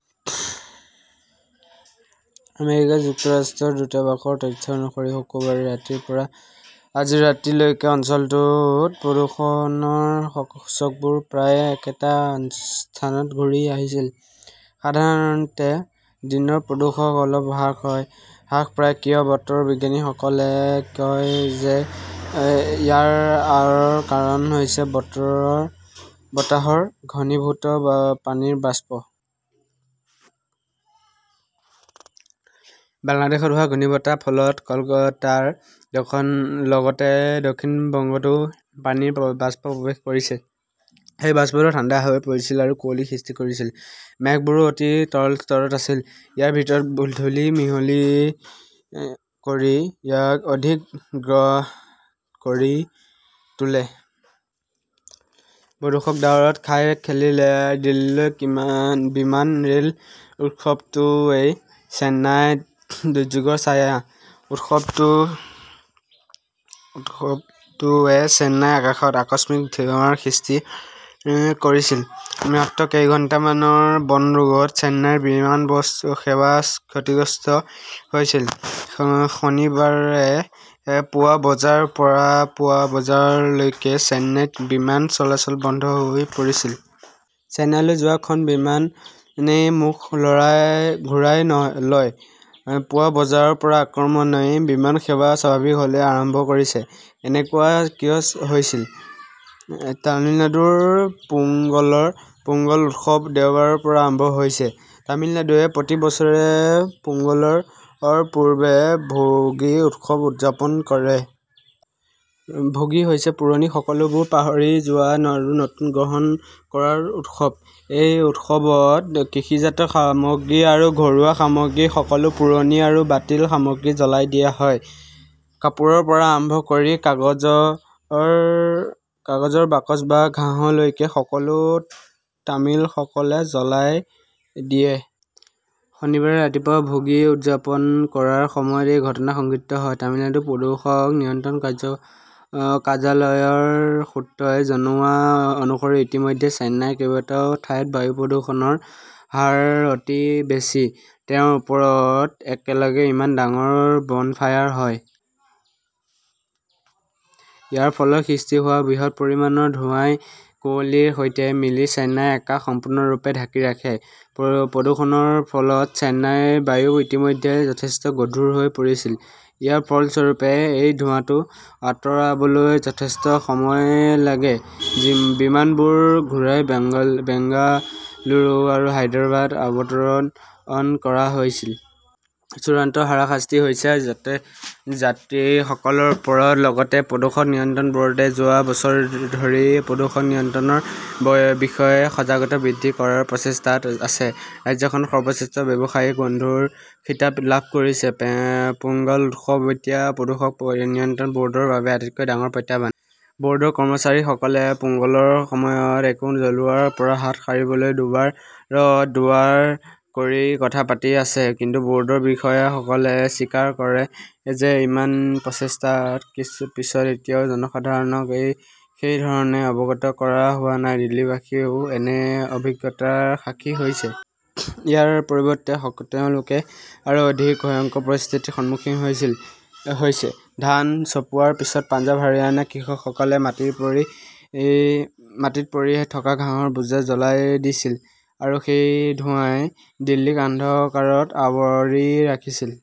America যুক্তৰাষ্ট্ৰৰ দূতাবাসৰ তথ্য অনুসৰি, শুকুৰবাৰে ৰাতিৰ পৰা আজি ৰাতি লৈকে অঞ্চলটোত প্ৰদূষণৰ সূচকবোৰ প্ৰায় একেটা স্থানত ঘূৰি আহিছিল। সাধাৰণতে, দিনত প্ৰদূষণ অলপ হ্ৰাস পায়। কিয়? বতৰ বিজ্ঞানীসকলে কয় যে ইয়াৰ আঁৰৰ কাৰণ হৈছে বতাহৰ ঘনীভূত পানীৰ বাষ্প। বাংলাদেশত হোৱা ঘূৰ্ণীবতাহৰ ফলত কলকাতাৰ লগতে দক্ষিণ বংগতো পানীৰ বাষ্প প্ৰৱেশ কৰিছে। সেই বাষ্পটো ঠাণ্ডা হৈ পৰিছিল আৰু কুঁৱলী সৃষ্টি কৰিছিল। মেঘবোৰো অতি তলৰ স্তৰত আছিল। ইয়াৰ ভিতৰত ধূলি মিহলি কৰি ইয়াক অধিক গাঢ় কৰি তোলে। প্ৰদূষণ-ডাৱৰত খাই খেলিলে দিল্লীলৈ বিমান, ৰে'ল উৎসৱটোৱেই চেন্নাইত দুৰ্যোগৰ ছায়া। উৎসৱটোৱে চেন্নাইৰ আকাশত আকস্মিক ধোঁৱাৰ সৃষ্টি কৰিছিল। মাত্ৰ কেইঘণ্টামানৰ বনৰোগত চেন্নাইৰ বিমান সেৱা ক্ষতিগ্ৰস্ত হৈছিল। শনিবাৰে পুৱা বজাৰ পৰা পুৱা বজালৈকে চেন্নাইত বিমান চলাচল বন্ধ হৈ পৰিছিল। চেন্নাইলৈ যোৱা খন বিমানই মুখ ঘূৰাই লয়। পুৱা বজাৰ পৰা ক্ৰমান্বয়ে বিমান সেৱা স্বাভাৱিক হ'বলৈ আৰম্ভ কৰিছে। এনেকুৱা কিয় হৈছিল? তামিলনাডুৰ পোংগল উৎসৱ দেওবাৰৰ পৰা আৰম্ভ হৈছে। তামিলনাডুৱে প্ৰতি বছৰে পোঙ্গলৰ পূৰ্বে ভোগী উৎসৱ উদযাপন কৰে। ভোগী হৈছে পুৰণি সকলোবোৰ পাহৰি যোৱা আৰু নতুনটো গ্ৰহণ কৰাৰ উৎসৱ। এই উৎসৱত কৃষিজাত সামগ্ৰী আৰু ঘৰুৱা সামগ্ৰীৰ সকলো পুৰণি আৰু বাতিল সামগ্ৰী জ্বলাই দিয়া হয়। কাপোৰৰ পৰা আৰম্ভ কৰি কাগজৰ বাকচ বা ঘাঁহলৈকে সকলো তামিলসকলে জ্বলাই দিয়ে। শনিবাৰে ৰাতিপুৱা ভোগী উদযাপন কৰাৰ সময়তে এই ঘটনা সংঘটিত হয়। তামিলনাডুৰ প্ৰদূষণ নিয়ন্ত্ৰণ কাৰ্যালয়ৰ সূত্ৰই জনোৱা অনুসৰি ইতিমধ্যে চেন্নাইৰ কেইবাটাও ঠাইত বায়ু প্ৰদূষণৰ হাৰ অতি বেছি। তেওঁৰ ওপৰত একেলগে ইমান ডাঙৰ বনফায়াৰ হয়। ইয়াৰ ফলত সৃষ্টি হোৱা বৃহৎ পৰিমাণৰ ধোঁৱাই কুঁৱলীৰ সৈতে মিলি চেন্নাইৰ আকাশ সম্পূৰ্ণৰূপে ঢাকি ৰাখে। প্ৰদূষণৰ ফলত চেন্নাইৰ বায়ু ইতিমধ্যে যথেষ্ট গধুৰ হৈ পৰিছিল। ইয়াৰ ফলস্বৰূপে এই ধোঁৱাটো আঁতৰাবলৈ যথেষ্ট সময় লাগে। বিমানবোৰ ঘূৰাই বেংগালুৰু আৰু হায়দৰাবাদত অৱতৰণ কৰা হৈছিল। চূড়ান্ত হাৰাশাস্তি হৈছে যাত্ৰীসকলৰ ওপৰত। লগতে প্ৰদূষণ নিয়ন্ত্ৰণ বৰ্ডে যোৱা বছৰ ধৰি প্ৰদূষণ নিয়ন্ত্ৰণৰ বিষয়ে সজাগতা বৃদ্ধি কৰাৰ প্ৰচেষ্টাত আছে, ৰাজ্যখনৰ সৰ্বশ্ৰেষ্ঠ ব্যৱসায়িক-বন্ধুৰ খিতাপ লাভ কৰিছে। পোংগল উৎসৱ এতিয়া প্ৰদূষণ নিয়ন্ত্ৰণ ব'ৰ্ডৰ বাবে আটাইতকৈ ডাঙৰ প্ৰত্যাহ্বান। ব'ৰ্ডৰ কৰ্মচাৰীসকলে পোঙ্গলৰ সময়ত একো জ্বলোৱাৰ পৰা হাত সাৰিবলৈ দুৱাৰত দুৱাৰ কৰি কথা পাতি আছে। কিন্তু ব'ৰ্ডৰ বিষয়াসকলে স্বীকাৰ কৰে যে ইমান প্ৰচেষ্টাৰ পিছত এতিয়াও জনসাধাৰণক সেই ধৰণে অৱগত কৰা হোৱা নাই। দিল্লীবাসীয়েও এনে অভিজ্ঞতাৰ সাক্ষী হৈছে। ইয়াৰ পৰিৱৰ্তে তেওঁলোকে আৰু অধিক ভয়ংকৰ পৰিস্থিতিৰ সন্মুখীন হৈছে। ধান চপোৱাৰ পিছত পঞ্জাৱ, হাৰিয়ানাৰ কৃষকসকলে মাটিত পৰি থকা ঘাঁহৰ বোজা জ্বলাই দিছিল। আৰু সেই ধোঁৱাই দিল্লীক অন্ধকাৰত আৱৰি ৰাখিছিল।